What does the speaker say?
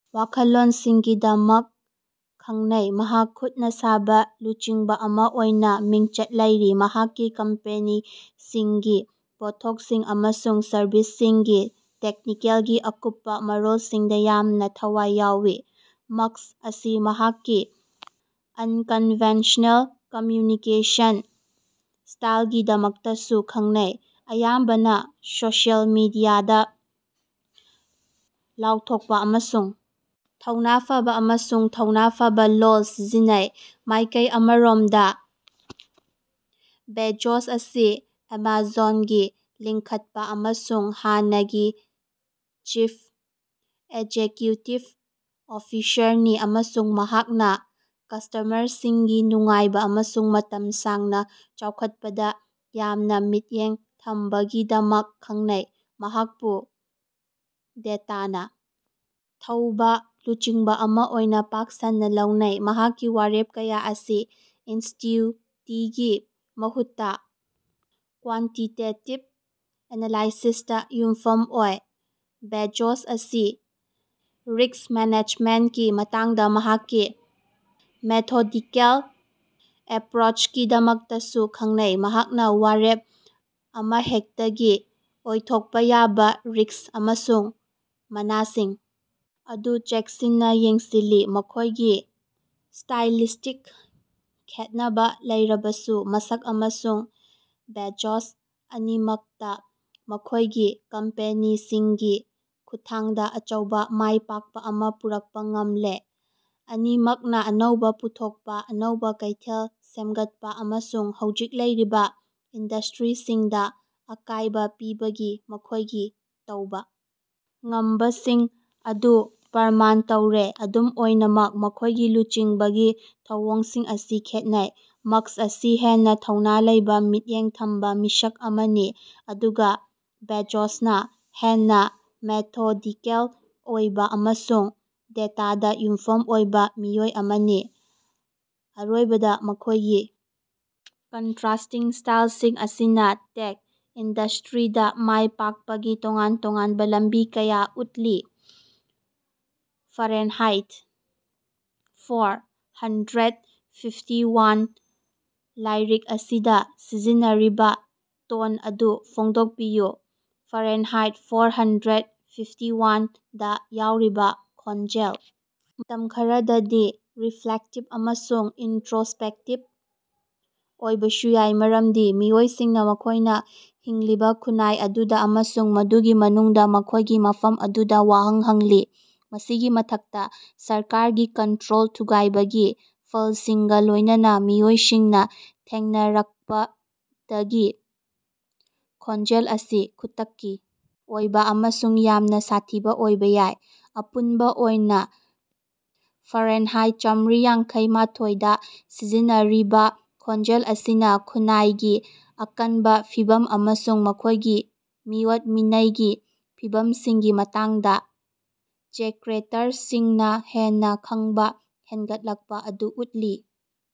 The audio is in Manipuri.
ꯋꯥꯈꯜꯂꯣꯟꯁꯤꯡꯒꯤꯗꯃꯛ ꯈꯪꯅꯩ꯫ ꯃꯍꯥꯛ ꯈꯨꯠꯅ ꯁꯥꯕ ꯂꯨꯆꯤꯡꯕ ꯑꯃ ꯑꯣꯏꯅ ꯃꯤꯡꯆꯠ ꯂꯩꯔꯤ, ꯃꯍꯥꯛꯀꯤ ꯀꯝꯄꯦꯅꯤꯁꯤꯡꯒꯤ ꯄꯣꯠꯊꯣꯛꯁꯤꯡ ꯑꯃꯁꯨꯡ ꯁꯔꯕꯤꯁꯁꯤꯡꯒꯤ ꯇꯦꯛꯅꯤꯀꯦꯜꯒꯤ ꯑꯀꯨꯞꯄ ꯃꯔꯣꯜꯁꯤꯡꯗ ꯌꯥꯝꯅ ꯊꯋꯥꯏ ꯌꯥꯎꯏ꯫ ꯃꯁ꯭ꯛ ꯑꯁꯤ ꯃꯍꯥꯛꯀꯤ ꯑꯟꯀꯟꯚꯦꯅꯁꯅꯦꯜ ꯀꯝꯃ꯭ꯌꯨꯅꯤꯀꯦꯁꯟ ꯁ꯭ꯇꯥꯏꯜꯒꯤꯗꯃꯛꯇꯁꯨ ꯈꯪꯅꯩ, ꯑꯌꯥꯝꯕꯅ ꯁꯣꯁꯤꯌꯦꯜ ꯃꯤꯗꯤꯌꯥꯗ ꯂꯥꯎꯊꯣꯛꯄ ꯑꯃꯁꯨꯡ ꯊꯧꯅ ꯐꯕꯥ ꯑꯃꯁꯨꯡ ꯊꯧꯅ ꯐꯕꯥ ꯂꯣꯜ ꯁꯤꯖꯤꯟꯅꯩ꯫ ꯃꯥꯏꯀꯩ ꯑꯃꯔꯣꯝꯗ ꯕꯦꯖꯣꯁ ꯑꯁꯤ ꯑꯦꯃꯥꯖꯣꯟꯒꯤ ꯂꯤꯡꯈꯠꯄ ꯑꯃꯁꯨꯡ ꯍꯥꯟꯅꯒꯤ ꯆꯤꯐ ꯑꯦꯖꯦꯀ꯭ꯌꯨꯇꯤꯐ ꯑꯣꯐꯤꯁꯥꯔ ꯅꯤ ꯑꯃꯁꯨꯡ ꯃꯍꯥꯛꯅ ꯀꯁ꯭ꯇꯃꯔꯁꯤꯡꯒꯤ ꯅꯨꯡꯉꯥꯏꯕ ꯑꯃꯁꯨꯡ ꯃꯇꯝ ꯁꯥꯡꯅ ꯆꯥꯎꯈꯠꯄꯗꯥ ꯌꯥꯝꯅ ꯃꯤꯠꯌꯦꯡ ꯊꯝꯕꯒꯤꯗꯃꯛ ꯈꯪꯅꯩ꯫ ꯃꯍꯥꯠꯄꯨ ꯗꯦꯇꯥꯅ ꯊꯧꯕ ꯂꯨꯆꯤꯡꯕ ꯑꯃ ꯑꯣꯏꯅ ꯄꯥꯛ ꯁꯟꯅ ꯂꯧꯅꯩ, ꯃꯍꯥꯛꯀꯤ ꯋꯥꯔꯦꯞ ꯀꯌꯥ ꯑꯁꯤ ꯏꯟꯇ꯭ꯌꯨꯏꯇꯤꯒꯤ ꯃꯍꯨꯠꯇ ꯀ꯭ꯋꯥꯟꯇꯤꯇꯦꯇꯤꯕ ꯑꯦꯅꯥꯂꯥꯏꯁꯤꯁꯇ ꯌꯨꯝꯐꯝ ꯑꯣꯏ꯫ ꯕꯦꯖꯣꯁ ꯑꯁꯤ ꯔꯤꯁ꯭ꯛ-ꯃꯦꯅꯦꯖꯃꯦꯟꯇꯀꯤ ꯃꯇꯥꯡꯗ ꯃꯍꯥꯛꯀꯤ ꯃꯦꯊꯣꯗꯤꯀꯦꯜ ꯑꯦꯄ꯭ꯔꯣꯆꯀꯤꯗꯃꯛꯇꯁꯨ ꯈꯪꯅꯩ, ꯃꯍꯥꯛꯅ ꯋꯥꯔꯦꯞ ꯑꯃꯍꯦꯛꯇꯒꯤ ꯑꯣꯏꯊꯣꯛꯄ ꯌꯥꯕ ꯔꯤꯁ꯭ꯛ ꯑꯃꯁꯨꯡ ꯃꯅꯥꯁꯤꯡ ꯑꯗꯨ ꯆꯦꯛꯁꯤꯟꯅ ꯌꯦꯡꯁꯤꯜꯂꯤ꯫ ꯃꯈꯣꯏꯒꯤ ꯁ꯭ꯇꯥꯏꯂꯤꯁ꯭ꯇꯤꯛ ꯈꯦꯠꯅꯕ ꯂꯩꯔꯕꯁꯨ ꯃꯁ꯭ꯛ ꯑꯃꯁꯨꯡ ꯕꯦꯖꯣꯁ ꯑꯅꯤꯃꯛꯅ ꯃꯈꯣꯏꯒꯤ ꯀꯝꯄꯦꯅꯤꯁꯤꯡꯒꯤ ꯈꯨꯠꯊꯥꯡꯗ ꯑꯆꯧꯕ ꯃꯥꯏꯄꯥꯛꯄ ꯑꯃ ꯄꯨꯔꯛꯄ ꯉꯝꯂꯦ꯫ ꯑꯅꯤꯃꯛꯅ ꯑꯅꯧꯕ ꯄꯨꯊꯣꯛꯄ, ꯑꯅꯧꯕ ꯀꯩꯊꯦꯜ ꯁꯦꯝꯒꯠꯄ, ꯑꯃꯁꯨꯡ ꯍꯧꯖꯤꯛ ꯂꯩꯔꯤꯕ ꯏꯟꯗꯁꯇ꯭ꯔꯤꯁꯤꯡꯗ ꯑꯀꯥꯏꯕ ꯄꯤꯕꯒꯤ ꯃꯈꯣꯏꯒꯤ ꯇꯧꯕ ꯉꯝꯕꯁꯤꯡ ꯑꯗꯨ ꯄ꯭ꯔꯃꯥꯟ ꯇꯧꯔꯦ꯫ ꯑꯗꯨꯝ ꯑꯣꯏꯅꯃꯛ, ꯃꯈꯣꯏꯒꯤ ꯂꯨꯆꯤꯡꯕꯒꯤ ꯊꯧꯑꯣꯡꯁꯤꯡ ꯑꯁꯤ ꯈꯦꯠꯅꯩ, ꯃꯁ꯭ꯛ ꯑꯁꯤ ꯍꯦꯟꯅ ꯊꯧꯅ ꯂꯩꯕ ꯃꯤꯠꯌꯦꯡ ꯊꯝꯕ ꯃꯤꯁꯛ ꯑꯃꯅꯤ, ꯑꯗꯨꯒ ꯕꯦꯖꯣꯁꯅꯥ ꯍꯦꯟꯅ ꯃꯦꯊꯣꯗꯤꯀꯦꯜ ꯑꯣꯏꯕ ꯑꯃꯁꯨꯡ ꯗꯦꯇꯥꯗ ꯌꯨꯝꯐꯝ ꯑꯣꯏꯕ ꯃꯤꯑꯣꯏ ꯑꯃꯅꯤ꯫ ꯑꯔꯣꯏꯕꯗ ꯃꯈꯣꯏꯒꯤ ꯀꯟꯇꯔꯥꯁ꯭ꯇꯤꯡ ꯁ꯭ꯇꯥꯏꯜꯁꯤꯡ ꯑꯁꯤꯅ ꯇꯦꯛ ꯏꯟꯗꯁꯇ꯭ꯔꯤꯗꯥ ꯃꯥꯏ ꯄꯥꯛꯄꯒꯤ ꯇꯣꯉꯥꯟ ꯇꯣꯉꯥꯟꯕ ꯂꯝꯕꯤ ꯀꯌꯥ ꯎꯠꯂꯤ꯫ Fahrenheit - four hundred fifty one ꯂꯥꯏꯔꯤꯛ ꯑꯁꯤꯗ ꯁꯤꯖꯤꯟꯅꯔꯤꯕ ꯇꯣꯟ ꯑꯗꯨ ꯐꯣꯡꯗꯣꯛꯄꯤꯌꯨ꯫ Fahrenheit - four hundred fifty one ꯗꯥ ꯌꯥꯎꯔꯤꯕ ꯈꯣꯟꯖꯦꯜ ꯃꯇꯝ ꯈꯔꯗꯗꯤ ꯔꯤꯐ꯭ꯂꯦꯛꯇꯤꯕ ꯑꯃꯁꯨꯡ ꯏꯟꯇꯔꯣꯁ꯭ꯄꯦꯛꯇꯤꯕ ꯑꯣꯏꯕꯁꯨ ꯌꯥꯏ, ꯃꯔꯝꯗꯤ ꯃꯤꯑꯣꯏꯁꯤꯡꯅ ꯃꯈꯣꯏꯅ ꯍꯤꯡꯂꯤꯕ ꯈꯨꯟꯅꯥꯏ ꯑꯗꯨꯗ ꯑꯃꯁꯨꯡ ꯃꯗꯨꯒꯤ ꯃꯅꯨꯡꯗ ꯃꯈꯣꯏꯒꯤ ꯃꯐꯝ ꯑꯗꯨꯗ ꯋꯥꯍꯪ ꯍꯪꯂꯤ꯫ ꯃꯁꯤꯒꯤ ꯃꯊꯛꯇ, ꯁꯔꯀꯥꯔꯒꯤ ꯀꯟꯇꯔꯣꯜ ꯊꯨꯒꯥꯏꯕꯒꯤ ꯐꯜꯁꯤꯡꯒ ꯂꯣꯏꯅꯅꯥ ꯃꯤꯑꯣꯏꯁꯤꯡꯅ ꯊꯦꯡꯅꯔꯛꯄꯗꯒꯤ ꯈꯣꯟꯖꯦꯜ ꯑꯁꯤ ꯈꯨꯗꯛꯀꯤ ꯑꯣꯏꯕ ꯑꯃꯁꯨꯡ ꯌꯥꯝꯅ ꯁꯥꯊꯤꯕ ꯑꯣꯏꯕ ꯌꯥꯏ꯫ ꯑꯄꯨꯟꯕ ꯑꯣꯏꯅ, ꯐꯥꯔꯦꯟꯍꯥꯏꯠ ꯆꯥꯝꯔꯤ ꯌꯥꯡꯈꯩ ꯃꯥꯊꯣꯏ ꯗꯥ ꯁꯤꯖꯤꯟꯅꯔꯤꯕꯥ ꯈꯣꯟꯖꯦꯜ ꯑꯁꯤꯅ ꯈꯨꯟꯅꯥꯏꯒꯤ ꯑꯀꯟꯕ ꯐꯤꯚꯝ ꯑꯃꯁꯨꯡ ꯃꯈꯣꯏꯒꯤ ꯃꯤꯑꯣꯠ-ꯃꯤꯅꯩꯒꯤ ꯐꯤꯚꯝꯁꯤꯡꯒꯤ ꯃꯇꯥꯡꯗ ꯆꯦꯛꯔꯦꯇꯔꯁꯤꯡꯅ ꯍꯦꯟꯅ ꯈꯪꯕ ꯍꯦꯟꯒꯠꯂꯛꯄ ꯑꯗꯨ ꯎꯠꯂꯤ꯫